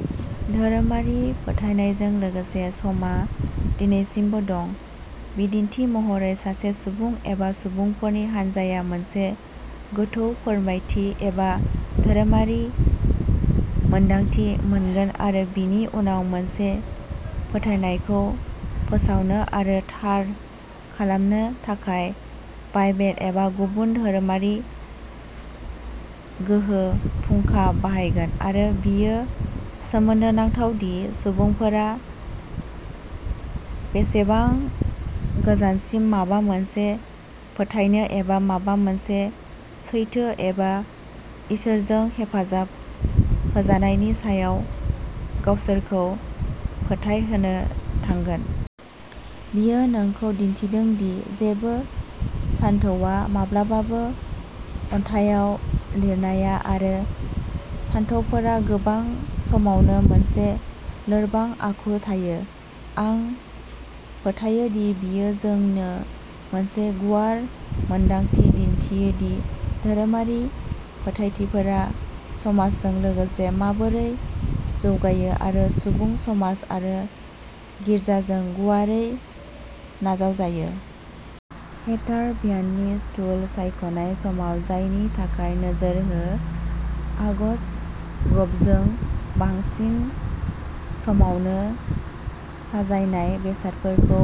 धोरोमारि फोथायनायजों लोगोसे समआ दिनैसिमबो दं। बिदिन्थि महरै सासे सुबुं एबा सुबुंफोरनि हानजाया मोनसे गोथौ फोरमायथि एबा धोरोमारि मोन्दांथि मोनगोन आरो बेनि उनाव मोनसे फोथायनायखौ फोसावनो आरो थार खालामनो थाखाय बाइबेल एबा गुबुन धोरोमारि गोहो फुंखा बाहायगोन आरो बेयो सोमोनांथाव दि सुबुंफोरा बेसेबां गोजानसिम माबा मोनसे फोथायनो एबा माबा मोनसे सैथो एबा इसोरजों हेफाजाब होजानायनि सायाव गावसोरखौ फोथायहोनो थांगोन। बेयो नोंखौ दिन्थिदों दि जेबो सानथौआ माब्लाबाबो अन्थाइआव लिरजाया आरो सानथौफोरा गोबां समावनो मोनसे लोरबां आखु थायो। आं फोथायो दि बेयो जोंनो मोनसे गुवार मोनदांथि दिन्थियो दि धोरोमारि फोथायथिफोरा समजों लोगोसे माबोरै जौगायो आरो सुबुं समाज आरो गिर्जाजों गुवारै नाजावजायो। हेटार भ्यानिटि स्टुल सायख'नाय समाव जायनि थाखाय नोजोर हो आगस्त ग्र'भजों। बांसिन समावनो साजायनाय बेसादफोरखौ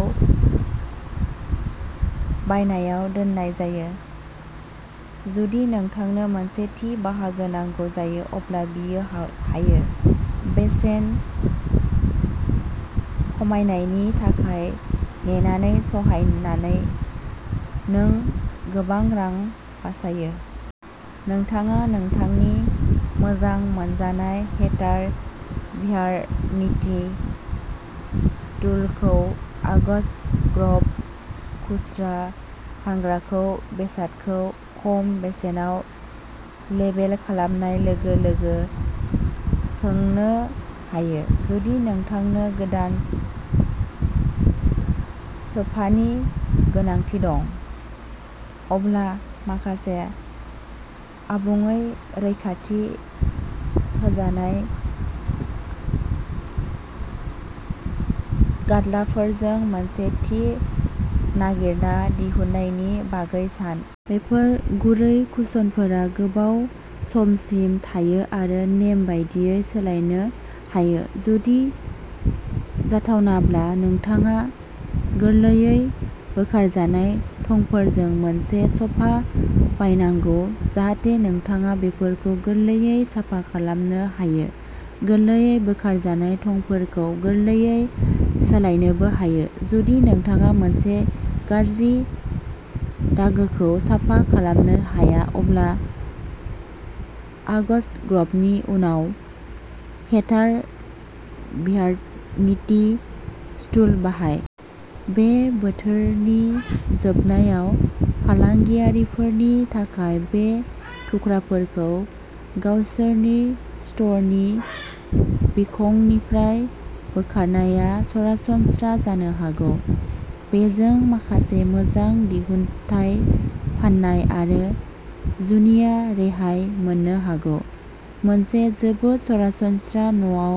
बायनायाव दोननाय जायो। जुदि नोंथांनो मोनसे थि बाहागो नांगौ जायो अब्ला बेयो हायो। बेसेन खमायनायनि थाखाय नेनानै सहायनानै नों गोबां रां बासायो। नोंथाङा नोंथांनि मोजां मोनजानाय हेटार भ्यानिटि स्टुलखौ आगस्त ग्र'व खुस्रा फानग्राखौ बेसादखौ खम बेसेनाव लेबेल खालामनाय लोगो लोगो सोंनो हायो। जुदि नोंथांनो गोदान सोफानि गोनांथि दं, अब्ला माखासे आबुङै रैखाथि होजानाय गाद्लाफोरजों मोनसे थि नागिरना दिहुननायनि बागै सान। बेफोर गुरै कुशनफोरा गोबाव समसिम थायो आरो नेम बादियै सोलायनो हायो। जुदि जाथावनाब्ला, नोंथाङा गोरलैयै बोखारजानाय थंफोरजों मोनसे स'फा बायनांगौ जाहाथे नोंथाङा बेफोरखौ गोरलैयै साफा खालामनो हायो। गोरलैयै बोखारजानाय थंफोरखौ गोरलैयै सोलायनोबो हायो, जुदि नोंथाङा मोनसे गाज्रि दागोखौ साफा खालामनो हाया अब्ला आगस्ट ग्र'वनि उनाव हेटार भ्यानिटि स्टुल बाय। बे बोथोरनि जोबनायाव, फालांगियारिफोरनि थाखाय बे थुख्राफोरखौ गावसोरनि स्ट'रनि बिखंनिफ्राय बोखारनाया सरासनस्रा जानो हागौ। बेजों माखासे मोजां दिहुनथाय फाननाय आरो जुनिया रेहाय मोननो हागौ। मोनसे जोबोद सरासनस्रा न'आव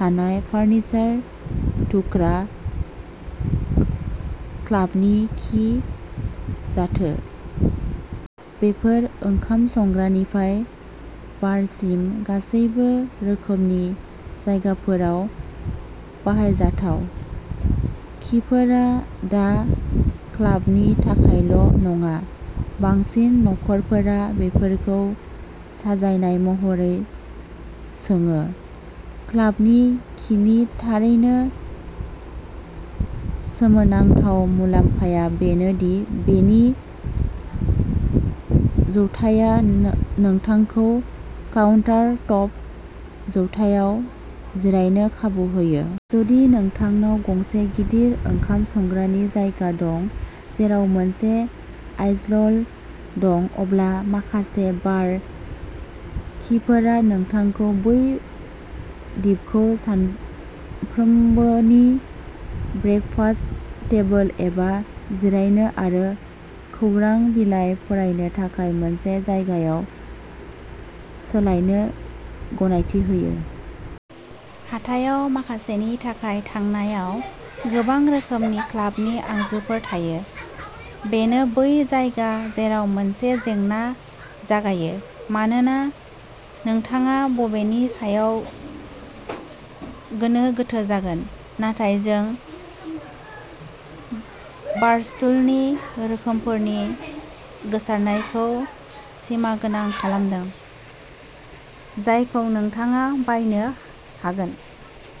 थानाय फार्निचार थुख्रा। क्लाबनि खि जाथों। बेफोर ओंखाम संग्रानिफ्राय बारसिम गासैबो रोखोमनि जायगाफोराव बाहायजाथाव। खिफोरा दा क्लाबनि थाखायल' नङा। बांसिन नखरफोरा बेफोरखौ साजायनाय महरै सोङो। क्लाबनि खिनि थारैनो सोमोनांथाव मुलाम्फाया बेनो दि बेनि जौथाया नोंथांखौ काउन्टार-टप जौथायाव जिरायनो खाबु होयो। जुदि नोंथांनाव गंसे गिदिर ओंखाम संग्रानि जायगा दं, जेराव मोनसे आइजल दं, अब्ला माखासे बार खिफोरा नोंथांखौ बै दिपखौ सानफ्रोमबोनि ब्रेकफास्ट टेबोल एबा जिरायनो आरो खौरां बिलाइ फरायनो थाखाय मोनसे जायगायाव सोलायनो गनायथि होयो। हाथाइआव माखासेनि थाखाय थांनायाव गोबां रोखोमनि क्लाबनि आगजुफोर थायो। बेनो बै जायगा जेराव मोनसे जेंना जागायो मानोना नोंथाङा बबेनि सायाव गोनो गोथो जागोन। नाथाय जों बारस्टुलनि रोखोमफोरनि गोसारनायखौ सिमागोनां खालामदों, जायखौ नोंथाङा बायनो हागोन।